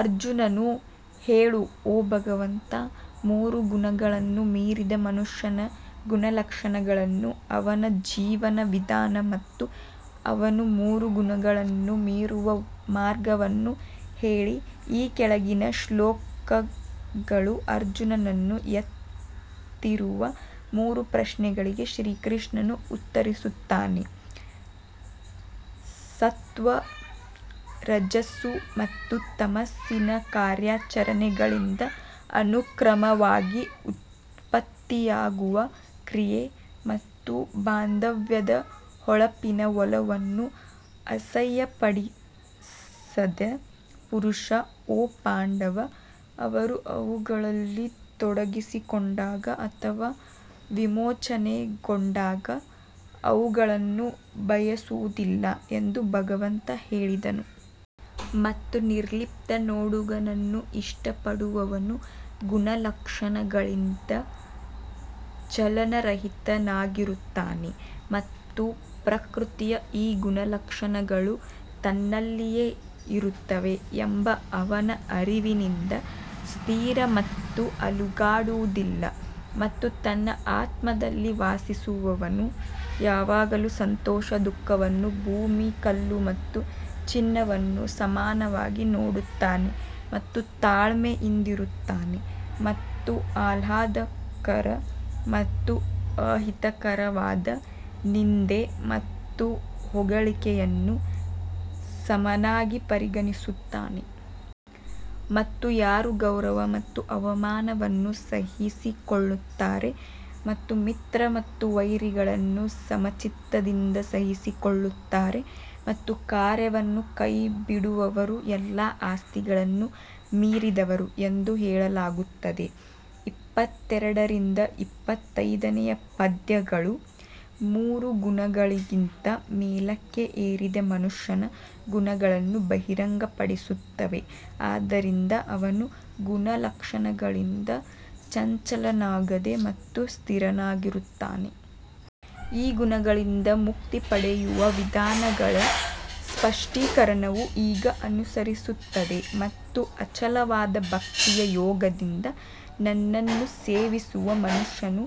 ಅರ್ಜುನನು ಹೇಳು ಓ ಭಗವಂತ, ಮೂರು ಗುಣಗಳನ್ನು ಮೀರಿದ ಮನುಷ್ಯನ ಗುಣಲಕ್ಷಣಗಳನ್ನು ಅವನ ಜೀವನ ವಿಧಾನ ಮತ್ತು ಅವನು ಮೂರು ಗುಣಗಳನ್ನು ಮೀರುವ ಮಾರ್ಗವನ್ನು ಹೇಳಿ. ಈ ಕೆಳಗಿನ ಶ್ಲೋಕಗಳು ಅರ್ಜುನನು ಎತ್ತಿರುವ ಮೂರು ಪ್ರಶ್ನೆಗಳಿಗೆ ಶ್ರೀಕೃಷ್ಣನು ಉತ್ತರಿಸುತ್ತಾನೆ ಸತ್ತ್ವ ರಜಸ್ಸು ಮತ್ತು ತಮಸ್ಸಿನ ಕಾರ್ಯಾಚರಣೆಗಳಿಂದ ಅನುಕ್ರಮವಾಗಿ ಉತ್ಪತ್ತಿಯಾಗುವ ಕ್ರಿಯೆ ಮತ್ತು ಬಾಂಧವ್ಯದ ಹೊಳಪಿನ ಒಲವನ್ನು ಅಸಹ್ಯಪಡಿಸದ ಪುರುಷ ಓ ಪಾಂಡವ ಅವರು ಅವುಗಳಲ್ಲಿ ತೊಡಗಿಸಿಕೊಂಡಾಗ ಅಥವಾ ವಿಮೋಚನೆಗೊಂಡಾಗ ಅವುಗಳನ್ನು ಬಯಸುವುದಿಲ್ಲ ಎಂದು ಭಗವಂತ ಹೇಳಿದನು. ಮತ್ತು ನಿರ್ಲಿಪ್ತ ನೋಡುಗನನ್ನು ಇಷ್ಟಪಡುವವನು ಗುಣಲಕ್ಷಣಗಳಿಂದ ಚಲನರಹಿತನಾಗಿರುತ್ತಾನೆ ಮತ್ತು ಪ್ರಕೃತಿಯ ಈ ಗುಣಲಕ್ಷಣಗಳು ತನ್ನಲ್ಲಿಯೇ ಇರುತ್ತವೆ ಎಂಬ ಅವನ ಅರಿವಿನಿಂದ ಸ್ಥಿರ ಮತ್ತು ಅಲುಗಾಡುವುದಿಲ್ಲ. ಮತ್ತು ತನ್ನ ಆತ್ಮದಲ್ಲಿ ವಾಸಿಸುವವನು ಯಾವಾಗಲೂ ಸಂತೋಷ ದುಃಖವನ್ನು ಭೂಮಿ ಕಲ್ಲು ಮತ್ತು ಚಿನ್ನವನ್ನು ಸಮಾನವಾಗಿ ನೋಡುತ್ತಾನೆ ಮತ್ತು ತಾಳ್ಮೆಯಿಂದಿರುತ್ತಾನೆ ಮತ್ತು ಆಹ್ಲಾದಕರ ಮತ್ತು ಅಹಿತಕರವಾದ ನಿಂದೆ ಮತ್ತು ಹೊಗಳಿಕೆಯನ್ನು ಸಮನಾಗಿ ಪರಿಗಣಿಸುತ್ತಾನೆ. ಮತ್ತು ಯಾರು ಗೌರವ ಮತ್ತು ಅವಮಾನವನ್ನು ಸಹಿಸಿಕೊಳ್ಳುತ್ತಾರೆ ಮತ್ತು ಮಿತ್ರ ಮತ್ತು ವೈರಿಗಳನ್ನು ಸಮಚಿತ್ತದಿಂದ ಸಹಿಸಿಕೊಳ್ಳುತ್ತಾರೆ ಮತ್ತು ಕಾರ್ಯವನ್ನು ಕೈಬಿಡುವವರು ಎಲ್ಲಾ ಆಸ್ತಿಗಳನ್ನು ಮೀರಿದವರು ಎಂದು ಹೇಳಲಾಗುತ್ತದೆ. ಇಪ್ಪತ್ತೆರಡರಿಂದ ಇಪ್ಪತ್ತೈದನೆಯ ಪದ್ಯಗಳು ಮೂರು ಗುಣಗಳಿಗಿಂತ ಮೇಲಕ್ಕೆ ಏರಿದ ಮನುಷ್ಯನ ಗುಣಗಳನ್ನು ಬಹಿರಂಗಪಡಿಸುತ್ತವೆ ಆದ್ದರಿಂದ ಅವನು ಗುಣಲಕ್ಷಣಗಳಿಂದ ಚಂಚಲನಾಗದೆ ಮತ್ತು ಸ್ಥಿರನಾಗಿರುತ್ತಾನೆ. ಈ ಗುಣಗಳಿಂದ ಮುಕ್ತಿ ಪಡೆಯುವ ವಿಧಾನಗಳ ಸ್ಪಷ್ಟೀಕರಣವು ಈಗ ಅನುಸರಿಸುತ್ತದೆ ಮತ್ತು ಅಚಲವಾದ ಭಕ್ತಿಯ ಯೋಗದಿಂದ ನನ್ನನ್ನು ಸೇವಿಸುವ ಮನುಷ್ಯನು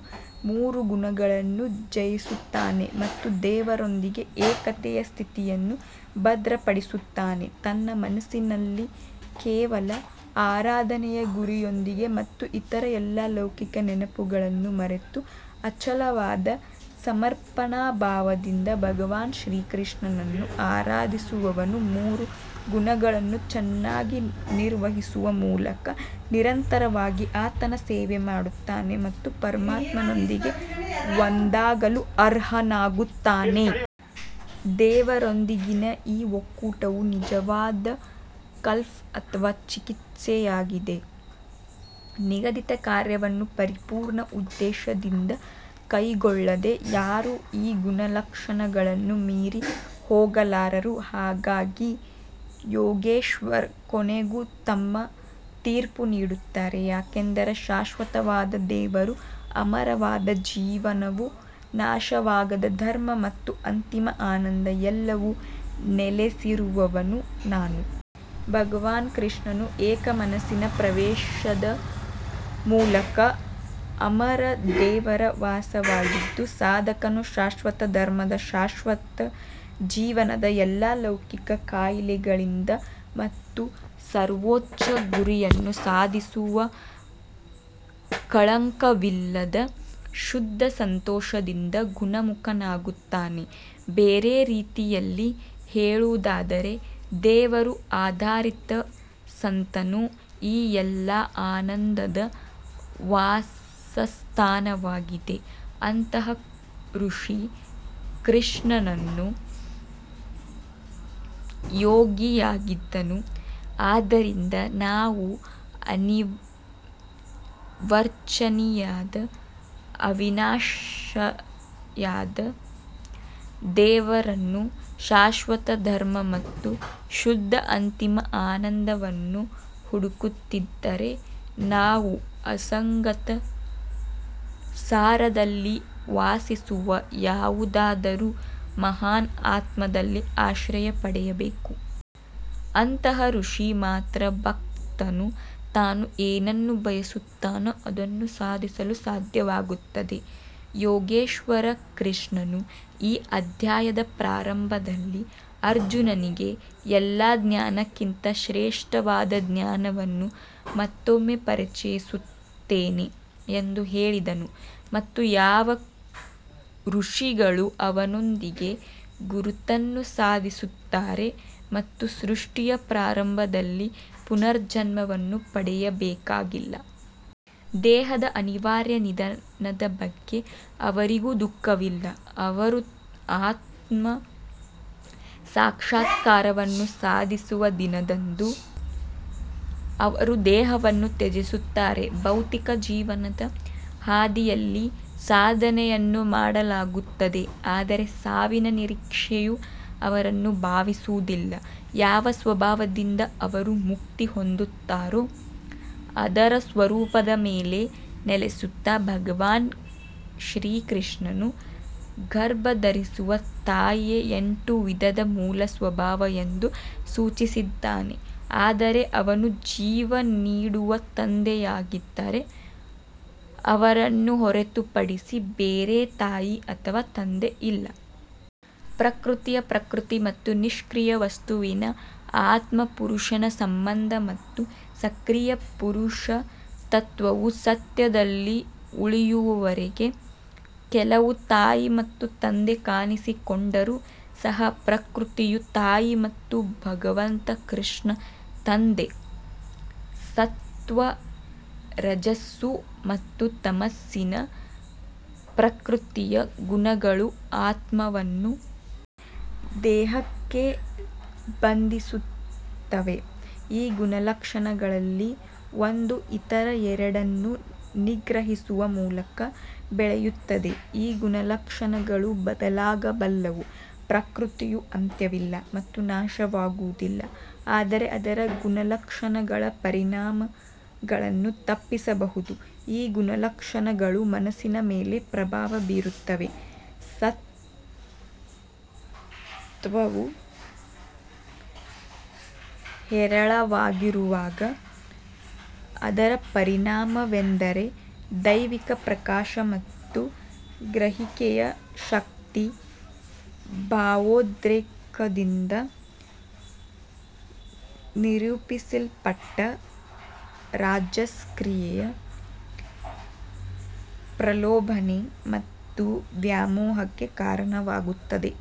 ಮೂರು ಗುಣಗಳನ್ನು ಜಯಿಸುತ್ತಾನೆ ಮತ್ತು ದೇವರೊಂದಿಗೆ ಏಕತೆಯ ಸ್ಥಿತಿಯನ್ನು ಭದ್ರಪಡಿಸುತ್ತಾನೆ. ತನ್ನ ಮನಸ್ಸಿನಲ್ಲಿ ಕೇವಲ ಆರಾಧನೆಯ ಗುರಿಯೊಂದಿಗೆ ಮತ್ತು ಇತರ ಎಲ್ಲ ಲೌಕಿಕ ನೆನಪುಗಳನ್ನು ಮರೆತು ಅಚಲವಾದ ಸಮರ್ಪಣಾಭಾವದಿಂದ ಭಗವಾನ್ ಶ್ರೀಕೃಷ್ಣನನ್ನು ಆರಾಧಿಸುವವನು ಮೂರು ಗುಣಗಳನ್ನು ಚೆನ್ನಾಗಿ ನಿರ್ವಹಿಸುವ ಮೂಲಕ ನಿರಂತರವಾಗಿ ಆತನ ಸೇವೆ ಮಾಡುತ್ತಾನೆ ಮತ್ತು ಪರಮಾತ್ಮನೊಂದಿಗೆ ಒಂದಾಗಲು ಅರ್ಹನಾಗುತ್ತಾನೆ. ದೇವರೊಂದಿಗಿನ ಈ ಒಕ್ಕೂಟವು ನಿಜವಾದ ಕಲ್ಪ್ ಅಥವಾ ಚಿಕಿತ್ಸೆಯಾಗಿದೆ ನಿಗದಿತ ಕಾರ್ಯವನ್ನು ಪರಿಪೂರ್ಣ ಉದ್ದೇಶದಿಂದ ಕೈಗೊಳ್ಳದೆ ಯಾರೂ ಈ ಗುಣಲಕ್ಷಣಗಳನ್ನು ಮೀರಿ ಹೋಗಲಾರರು ಹಾಗಾಗಿ ಯೋಗೇಶ್ವರ್ ಕೊನೆಗೂ ತಮ್ಮ ತೀರ್ಪು ನೀಡುತ್ತಾರೆ ಯಾಕಂದರೆ ಶಾಶ್ವತವಾದ ದೇವರು ಅಮರವಾದ ಜೀವನವು ನಾಶವಾಗದ ಧರ್ಮ ಮತ್ತು ಅಂತಿಮ ಆನಂದ ಎಲ್ಲವೂ ನೆಲೆಸಿರುವವನು ನಾನು. ಭಗವಾನ್ ಕೃಷ್ಣನು ಏಕ ಮನಸ್ಸಿನ ಪ್ರವೇಶದ ಮೂಲಕ ಅಮರ ದೇವರ ವಾಸವಾಗಿದ್ದು, ಸಾಧಕನು ಶಾಶ್ವತ ಧರ್ಮದ ಶಾಶ್ವತ ಜೀವನದ ಎಲ್ಲಾ ಲೌಕಿಕ ಕಾಯಿಲೆಗಳಿಂದ ಮತ್ತು ಸರ್ವೋಚ್ಚ ಗುರಿಯನ್ನು ಸಾಧಿಸುವ ಕಳಂಕವಿಲ್ಲದ ಶುದ್ಧ ಸಂತೋಷದಿಂದ ಗುಣಮುಖನಾಗುತ್ತಾನೆ. ಬೇರೆ ರೀತಿಯಲ್ಲಿ ಹೇಳುವುದಾದರೆ, ದೇವರು ಆಧಾರಿತ ಸಂತನು ಈ ಎಲ್ಲಾ ಆನಂದದ ವಾಸಸ್ಥಾನವಾಗಿದೆ ಅಂತಹ ಋಷಿ ಶ್ರೀಕೃಷ್ಣನು ಯೋಗಿಯಾಗಿದ್ದನು ಆದ್ದರಿಂದ ನಾವು ಅನಿರ್ವಚನೀಯವಾದ ಅವಿನಾಶಿಯಾದ ದೇವರನ್ನು ಶಾಶ್ವತ ಧರ್ಮ ಮತ್ತು ಶುದ್ಧ ಅಂತಿಮ ಆನಂದವನ್ನು ಹುಡುಕುತ್ತಿದ್ದರೆ ನಾವು ಅಸಂಗತ ಸಾರದಲ್ಲಿ ವಾಸಿಸುವ ಯಾವುದಾದರೂ ಮಹಾನ್ ಆತ್ಮದಲ್ಲಿ ಆಶ್ರಯ ಪಡೆಯಬೇಕು. ಅಂತಹ ಋಷಿ ಮಾತ್ರ ಭಕ್ತನು ತಾನು ಏನನ್ನು ಬಯಸುತ್ತಾನೋ ಅದನ್ನು ಸಾಧಿಸಲು ಸಾಧ್ಯವಾಗುತ್ತದೆ ಯೋಗೇಶ್ವರ ಕೃಷ್ಣನು ಈ ಅಧ್ಯಾಯದ ಪ್ರಾರಂಭದಲ್ಲಿ ಅರ್ಜುನನಿಗೆ ಎಲ್ಲಾ ಜ್ಞಾನಕ್ಕಿಂತ ಶ್ರೇಷ್ಠವಾದ ಜ್ಞಾನವನ್ನು ಮತ್ತೊಮ್ಮೆ ಪರಿಚಯಿಸುತ್ತೇನೆ ಎಂದು ಹೇಳಿದನು ಮತ್ತು ಯಾವ ಋಷಿಗಳು ಅವನೊಂದಿಗೆ ಗುರುತನ್ನು ಸಾಧಿಸುತ್ತಾರೆ ಮತ್ತು ಸೃಷ್ಟಿಯ ಪ್ರಾರಂಭದಲ್ಲಿ ಪುನರ್ಜನ್ಮವನ್ನು ಪಡೆಯಬೇಕಾಗಿಲ್ಲ. ದೇಹದ ಅನಿವಾರ್ಯ ನಿಧನದ ಬಗ್ಗೆ ಅವರಿಗೂ ದುಃಖವಿಲ್ಲ ಅವರು ಆತ್ಮ ಸಾಕ್ಷಾತ್ಕಾರವನ್ನು ಸಾಧಿಸುವ ದಿನದಂದು ಅವರು ದೇಹವನ್ನು ತ್ಯಜಿಸುತ್ತಾರೆ ಭೌತಿಕ ಜೀವನದ ಹಾದಿಯಲ್ಲಿ ಸಾಧನೆಯನ್ನು ಮಾಡಲಾಗುತ್ತದೆ ಆದರೆ ಸಾವಿನ ನಿರೀಕ್ಷೆಯೂ ಅವರನ್ನು ಬಾಧಿಸುವುದಿಲ್ಲ ಯಾವ ಸ್ವಭಾವದಿಂದ ಅವರು ಮುಕ್ತಿ ಹೊಂದುತ್ತಾರೋ ಅದರ ಸ್ವರೂಪದ ಮೇಲೆ ನೆಲೆಸುತ್ತಾ ಭಗವಾನ್ ಶ್ರೀಕೃಷ್ಣನು ಗರ್ಭಧರಿಸುವ ತಾಯಿಯೇ ಎಂಟು ವಿಧದ ಮೂಲ ಸ್ವಭಾವ ಎಂದು ಸೂಚಿಸಿದ್ದಾನೆ ಆದರೆ ಅವನು ಜೀವ ನೀಡುವ ತಂದೆಯಾಗಿದ್ದರೆ ಅವರನ್ನು ಹೊರತುಪಡಿಸಿ ಬೇರೆ ತಾಯಿ ಅಥವಾ ತಂದೆ ಇಲ್ಲ. ಪ್ರಕೃತಿಯ ಪ್ರಕೃತಿ ಮತ್ತು ನಿಷ್ಕ್ರಿಯ ವಸ್ತುವಿನ ಆತ್ಮ ಪುರುಷನ ಸಂಬಂಧ ಮತ್ತು ಸಕ್ರಿಯ ಪುರುಷ ತತ್ವವು ಸತ್ಯದಲ್ಲಿ ಉಳಿಯುವವರೆಗೆ ಕೆಲವು ತಾಯಿ ಮತ್ತು ತಂದೆ ಕಾಣಿಸಿಕೊಂಡರೂ ಸಹ ಪ್ರಕೃತಿಯು ತಾಯಿ ಮತ್ತು ಭಗವಂತ ಕೃಷ್ಣ ತಂದೆ. ಸತ್ತ್ವ ರಜಸ್ಸು ಮತ್ತು ತಮಸ್ಸಿನ ಪ್ರಕೃತಿಯ ಗುಣಗಳು ಆತ್ಮವನ್ನು ದೇಹಕ್ಕೆ ಬಂಧಿಸುತ್ತವೆ ಈ ಗುಣಲಕ್ಷಣಗಳಲ್ಲಿ ಒಂದು ಇತರ ಎರಡನ್ನು ನಿಗ್ರಹಿಸುವ ಮೂಲಕ ಬೆಳೆಯುತ್ತದೆ ಈ ಗುಣಲಕ್ಷಣಗಳು ಬದಲಾಗಬಲ್ಲವು ಪ್ರಕೃತಿಯು ಅಂತ್ಯವಿಲ್ಲ ಮತ್ತು ನಾಶವಾಗುವುದಿಲ್ಲ ಆದರೆ ಅದರ ಗುಣಲಕ್ಷಣಗಳ ಪರಿಣಾಮಗಳನ್ನು ತಪ್ಪಿಸಬಹುದು ಈ ಗುಣಲಕ್ಷಣಗಳು ಮನಸ್ಸಿನ ಮೇಲೆ ಪ್ರಭಾವ ಬೀರುತ್ತವೆ ಸತ್ವವು ಹೇರಳವಾಗಿರುವಾಗ ಅದರ ಪರಿಣಾಮವೆಂದರೆ ದೈವಿಕ ಪ್ರಕಾಶ ಮತ್ತು ಗ್ರಹಿಕೆಯ ಶಕ್ತಿ ಭಾವೋದ್ರೇಕದಿಂದ ನಿರೂಪಿಸಲ್ಪಟ್ಟ ರಾಜಸ್ ಕ್ರಿಯೆಯ ಪ್ರಲೋಭನೆ ಮತ್ತು ವ್ಯಾಮೋಹಕ್ಕೆ ಕಾರಣವಾಗುತ್ತದೆ.